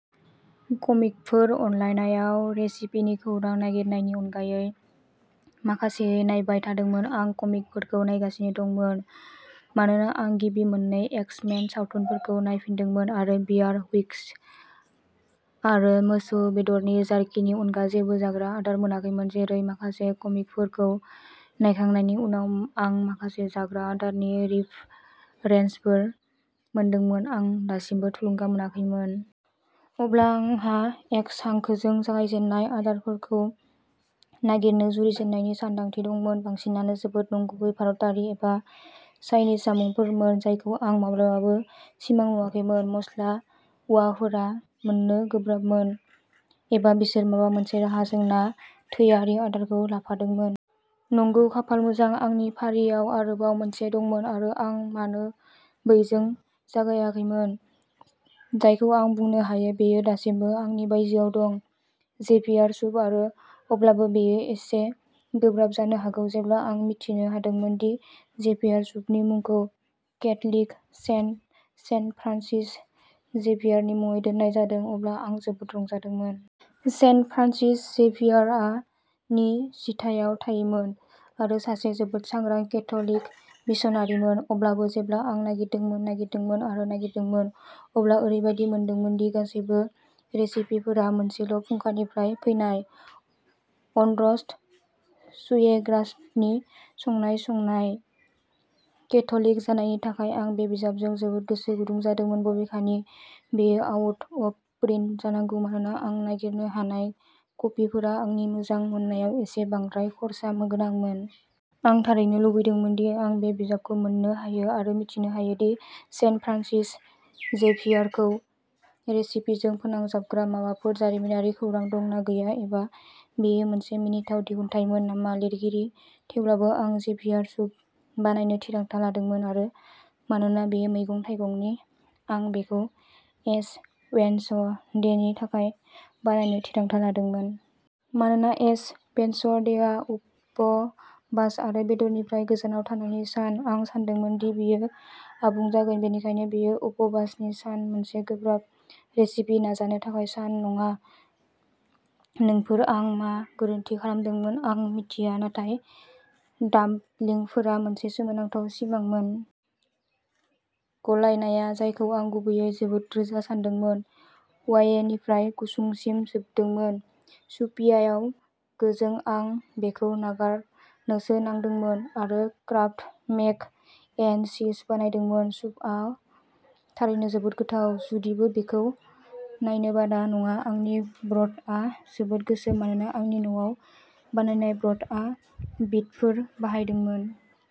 कमिकफोर-अनलाइनआव रेसिपिनि खौरां नागिरनायनि अनगायै माखासेखौ नायबाय थादोंमोन। आं कमिकफोरखौ नायगासिनो दंमोन मानोना आं गिबि मोननै एक्स-मेन सावथुनफोरखौ नायफिनदोंमोन आरो बियार, हुइस्कि, आरो मोसौ बेदरनि जार्किनि अनगा जेबो जाग्रा आदार मोनाखैमोन। जेरै। माखासे कमिकफोरखौ नायखांनायनि उनाव, आं माखासे जाग्रा आदारनि रिफरेन्सफोर मोनदोंमोन, आं दासिमबो थुलुंगा मोनाखैमोन। अब्ला आंहा एक्स हांखोजों जागायजेन्नाय आदारफोरखौ नागिरनो जुरिजेननायनि सानदांथि दंमोन। बांसिनानो जोबोद नंगुबै भारतारि एबा चाइनिज जामुंफोरमोन जायखौ आं माब्लाबाबो सिमां नुवाखैमोन-मस्ला वाफोरा मोननो गोब्राबमोन एबा बिसोर माबा मोनसे राहाजों ना थोआरि आदारखौ लाफादोंमोन। नंगौ। खाफाल मोजां, आंनि फारियाव आरोबाव मोनसे दंमोन, आरो आं मानो बैजों जागायाखैमोन जायखौ आं बुंनो हायो, बेयो दासिमबो आंनि बायजोआव दं। Xavier soup! आरो अब्लाबो, बेयो एसे गोब्राब जानो हागौ। जेब्ला आं मिथिनो हादोंमोन दि जेभियार सुपनि मुंखौ केथ'लिक सेन्ट, सेन्ट फ्रान्सिस जेभियारनि मुङै दोननाय जादों, अब्ला आं जोबोद रंजादोंमोन। सेन्ट फ्रान्सिस जेभियारआ नि जिथायाव थायोमोन आरो सासे जोबोद सांग्रां केथ'लिक मिशनारिमोन। अब्लाबो, जेब्ला आं नागिरदोंमोन, नागिरदोंमोन, आरो नागिरदोंमोन, अब्ला ओरैबायदि मोनदोंमोन दि गासैबो रेसिपिफोरा मोनसेल'फुंखानिफ्राय फैनायः अर्नस्ट शुएग्राफनि संनाय संनाय। केथ'लिक जानायनि थाखाय, आं बे बिजाबजों जोबोद गोसो गुदुं जादोंमोन, बबेखानि, बेयो आउट अफ प्रिन्ट जानांगौ, मानोना आं नागिरनो हानाय कपिफोरा आंनि मोजां मोननायाव एसे बांद्राय खर्सा गोनांमोन। आं थारैनो लुबैदोंमोन दि आं बे बिजाबखौ मोन्नो हायो आरो मिथिनो हायो दि सेन्ट फ्रान्सिस जेभियारखौ रेसिपिजों फोनांजाबग्रा माबाफोर जारिमिनारि खौरां दं ना गैया एबा बेयो मोनसे मिनिथाव दिहुनथायमोन नामा। लिरगिरि। थेवब्लाबो, आं जेभियार सुप बानायनो थिरांथा लादोंमोन-आरो मानोना बेयो मैगं-थाइगंनि, आं बेखौ एश वेन्सडेनि थाखाय बानायनो थिरांथा लादोंमोन। मानोना एश वेन्सडेआ उपबास आरो बेदरनिफ्राय गोजानाव थानायनि सान, आं सानदोंमोन दि बेयो आबुं जागोन! बेनिखायनो, बेयो उपबासनि सान, मोनसे गोब्राब रेसिपि नाजानो थाखाय सान नङा। नोंफोर-आं मा गोरोन्थि खालामदोंमोन आं मिथिया, नाथाय डाम्पलिंफोरा मोनसे सोमोनांथाव सिमांमोन! गलायनाया, जायखौ आं गुबैयै जोबोद रोजा सान्दोंमोन, वाएनिफ्राय गुसुंसिम जोबदोंमोन, सुपियाव गोजों। आं बेखौ नागारनोसो नांदोंमोन आरो क्राफ्ट मेक एन्ड चीज बानायदोंमोन। सुपआ थारैनो जोबोद गोथाव, जुदिबो बेखौ नायनो बारा नङा आंनि ब्रथआ जोबोद गोसोम मानोना आंनि न'आव बानायनाय ब्रथआ बिटफोर बाहायदोंमोन।